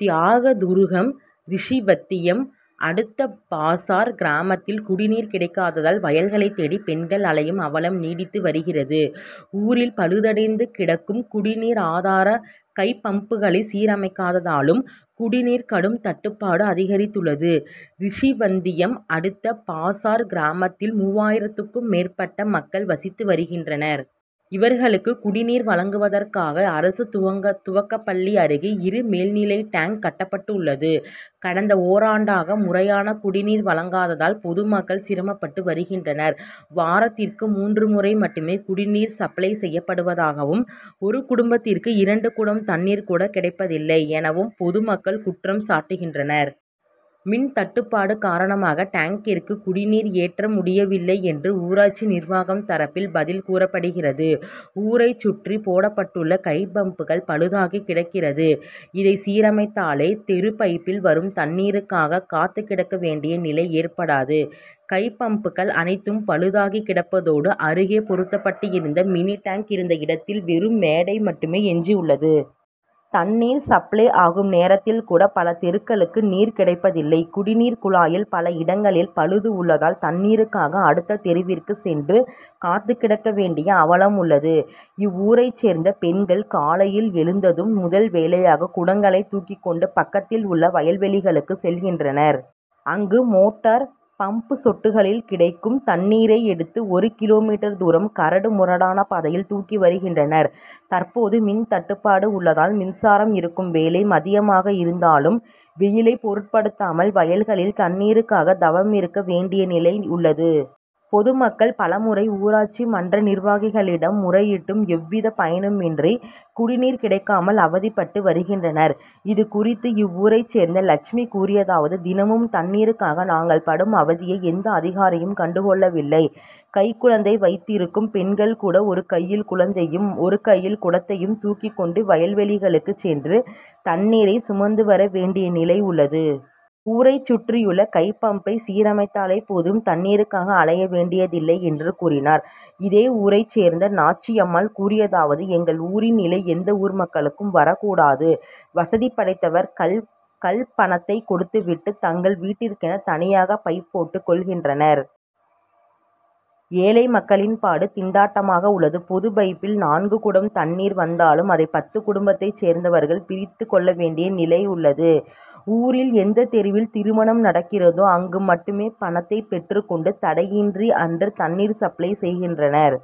தியாகதுருகம் ரிஷிவந்தியம் அடுத்த பாசார் கிராமத் தில் குடிநீர் கிடைக்காததால் வயல்களை தேடி பெண்கள் அலையும் அவலம் நீடித்து வருகிறது. ஊரில் பழுதடைந்து கிடக்கும் குடிநீர் ஆதார கைப்பம்புகளை சீரமைக்காததாலும் குடிநீருக்கு கடும் தட்டுபாடு அதிகரித்துள்ளது. ரிஷிவந்தியம் அடுத்த பாசார் கிராமத்தில் மூவாயிரத்துக்கும் மேற்பட்ட மக்கள் வசித்து வருகின்றனர். இவர்களுக்கு குடிநீர் வழங்குவதற்காக அரசு துவக்கப் பள்ளி அருகே இரு மேல்நிலை டேங்க் கட்டப்பட்டுள்ளது. கடந்த ஓராண்டாக முறையான குடிநீர் வழங்காததால் பொதுமக்கள் சிரமப்பட்டு வருகின்றனர். வாரத்திற்கு மூன்று முறை மட்டுமே குடிநீர் சப்ளை செய்யப்படுவதாகவும் ஒரு குடும்பத்திற்கு இரண்டு குடம் தண்ணீர் கூட கிடைப்பதில்லை எனவும் பொதுமக்கள் குற்றம் சாட்டுகின்றனர். மின்தட்டுப் பாடு காரணமாக டேங்கிற்கு குடிநீர் ஏற்ற முடியவில்லை என்று ஊராட்சி நிர்வாகம் தரப்பில் பதில் கூறப்படுகிறது. ஊரை சுற்றி போடப்பட்டுள்ள கைப் பம்புகள் பழுதாகி கிடக்கிறது. இதை சீரமைத்தாலே தெரு பைப்பில் வரும் தண்ணீருக்காக காத்துக்கிடக்க வேண்டிய நிலை ஏற்படாது. கைப்பம்புகள் அனைத்தும் பழுதாகி கிடப்பதோடு அருகே பொருத்தப்பட்டிருந்த மினி டேங்க் இருந்த இடத்தில் வெறும் மேடை மட்டுமே எஞ்சியுள்ளது. தண்ணீர் சப்ளை ஆகும் நேரத்தில் கூட பல தெருக்களுக்கு நீர் கிடைப்பதில்லை. குடிநீர் குழாயில் பல இடங்களில் பழுது உள்ளதால் தண்ணீருக்காக அடுத்த தெருவிற்கு சென்று காத்துக்கிடக்கவேண்டிய அவலம் உள்ளது. இவ்வூரை சேர்ந்த பெண்கள் காலையில் எழுந்ததும் முதல் வேலையாக குடங்களை தூக்கிக்கொண்டு பக்கத்தில் உள்ள வயல்வெளிகளுக்குச் செல்கின்றனர். அங்கு மோட் டார் பம்பு செட்டுகளில் கிடைக்கும் தண்ணீரை எடுத்து ஒரு கி. மீ. தூரம் கரடு முரடான பாதையில் தூக்கி வருகின்றனர். தற்போது மின்தட்டுபாடு உள்ளதால் மின்சாரம் இருக்கும் வேளை மதியமாக இருந்தாலும் வெயிலை பொருட்படுத்தாமல் வயல்களில் தண்ணீருக்காக தவமிருக்க வேண்டிய நிலை உள்ளது. பொதுமக்கள் பலமுறை ஊராட்சி மன்ற நிர்வாகிகளிடம் முறையிட்டும் எவ் வித பயனுமின்றி குடிநீர் கிடைக்காமல் அவதிப்பட்டு வருகின்றனர். இதுகுறித்து இவ்வூரை சேர்ந்த லட்சுமி கூறியதாவது தினமும் தண்ணீருக்காக நாங்கள் படும் அவதியை எந்த அதிகாரியும் கண்டு கொள்ளவில்லை. கைக்குழந்தை வைத்திருக்கும் பெண்கள் கூட ஒரு கையில் குழந் தையும் ஒரு கையில் குடத்தையும் தூக் கிக் கொண்டு வயல்வெளிகளுக்கு சென்று தண் ணீரை சுமந்து வர வேண் டிய நிலை உள் ளது. ஊரை சுற்றியுள்ள கைப் பம்பை சீரமைத் தாலே போதும் தண்ணீருக் காக அலைய வேண்டியதில்லை என்று கூறினார். இதே ஊரை சேர்ந்த நாச்சியம்மாள் கூறியதாவது எங்கள் ஊரின் நிலை எந்த ஊர்மக்களுக்கும் வரக்கூடாது. வசதி படைத்தவர் கள் பணத்தை கொடுத்துவிட்டு தங்கள் வீட்டிற்கென தனியாக பைப் போட்டு கொள்கின்றனர். ஏழை மக்களின் பாடு திண்டாட் டமாக உள்ளது. பொது பைப்பில் நான்கு குடம் தண்ணீர் வந் தாலும் அதை பத்து குடும்பத்தை சேர்ந்தவர்கள் பிரித்து எடுத்துக் கொள்ள வேண்டிய நிலை உள்ளது. ஊரில் எந்த தெருவில் திருமணம் நடக்கிறதோ அங்கு மட்டும் பணத்தை பெற்றுக் கொண்டு தடையின்றி அன்று தண்ணீர் சப்ளை செய்கின்றனர்.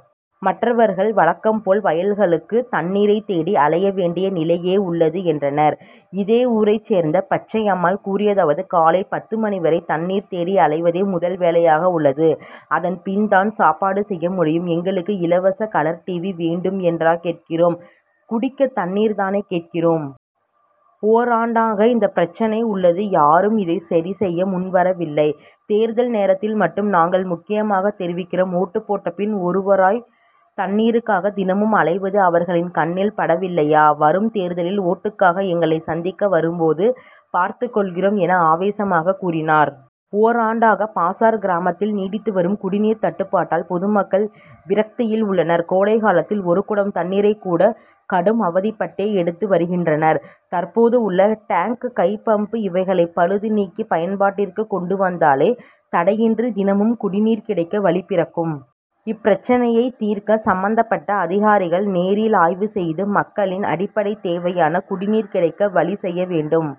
மற்றவர்கள் வழக்கம் போல் வயல்களுக்கு தண்ணீரை தேடி அலையவேண் டிய நிலையே உள்ளது என்றார். இதே ஊரை சேர்ந்த பச்சையம்மாள் கூறியதாவது காலை பத்து மணிவரை தண்ணீர் தேடி அலைவதே முதல்வேலையாக உள்ளது. அதன் பின் தான் சாப்பாடு செய்யமுடியும். எங்களுக்கு இலவச கலர் டிவி வேண்டும் என்றா கேட்கிறோம் குடிக்க தண்ணீர் தானே கேட்கிறோம். ஓராண் டாக இந்த பிரச்னை உள் ளது யாரும் இதை சரிசெய்ய முன்வரவில்லை. தேர் தல் நேரத்தில் மட்டும் நாங்கள் முக்கியமாக தெரிகிறோம் ஓட்டுபோட்ட பின் ஒருவாய் தண்ணீருக்காக தினமும் அலைவது அவர்கள் கண்ணில் படவில்லையா. வரும் தேர்தலில் ஓட்டுக்காக எங்களை சந்திக்க வரும்போது பார்த்துக் கொள்கிறோம் என ஆவேசமாக கூறினார். ஓராண்டாக பாசார் கிராமத்தில் நீடித்து வரும் குடிநீர் தட்டுப்பாட்டால் பொதுமக்கள் விரக்தியில் உள்ளனர். கோடைகாலத்தில் ஒரு குடம் தண்ணீரை கூட கடும் அவதிப்பட்டே எடுத்து வருகின்றனர். தற்போது உள்ள டேங்க் கைப்பம்பு இவைகளை பழுது நீக்கி பயன் பாட்டிற்கு கொண்டு வந்தாலே தடையின்றி தினமும் குடிநீர் கிடைக்க வழிபிறக்கும். இப்பிரச்னையை தீர்க்க சம்பந்தப்பட்ட அதிகாரிகள் நேரில் ஆய்வு செய்து மக்களின் அடிப் படை தேவையான குடிநீர் கிடைக்க வழி செய்ய வேண்டும்.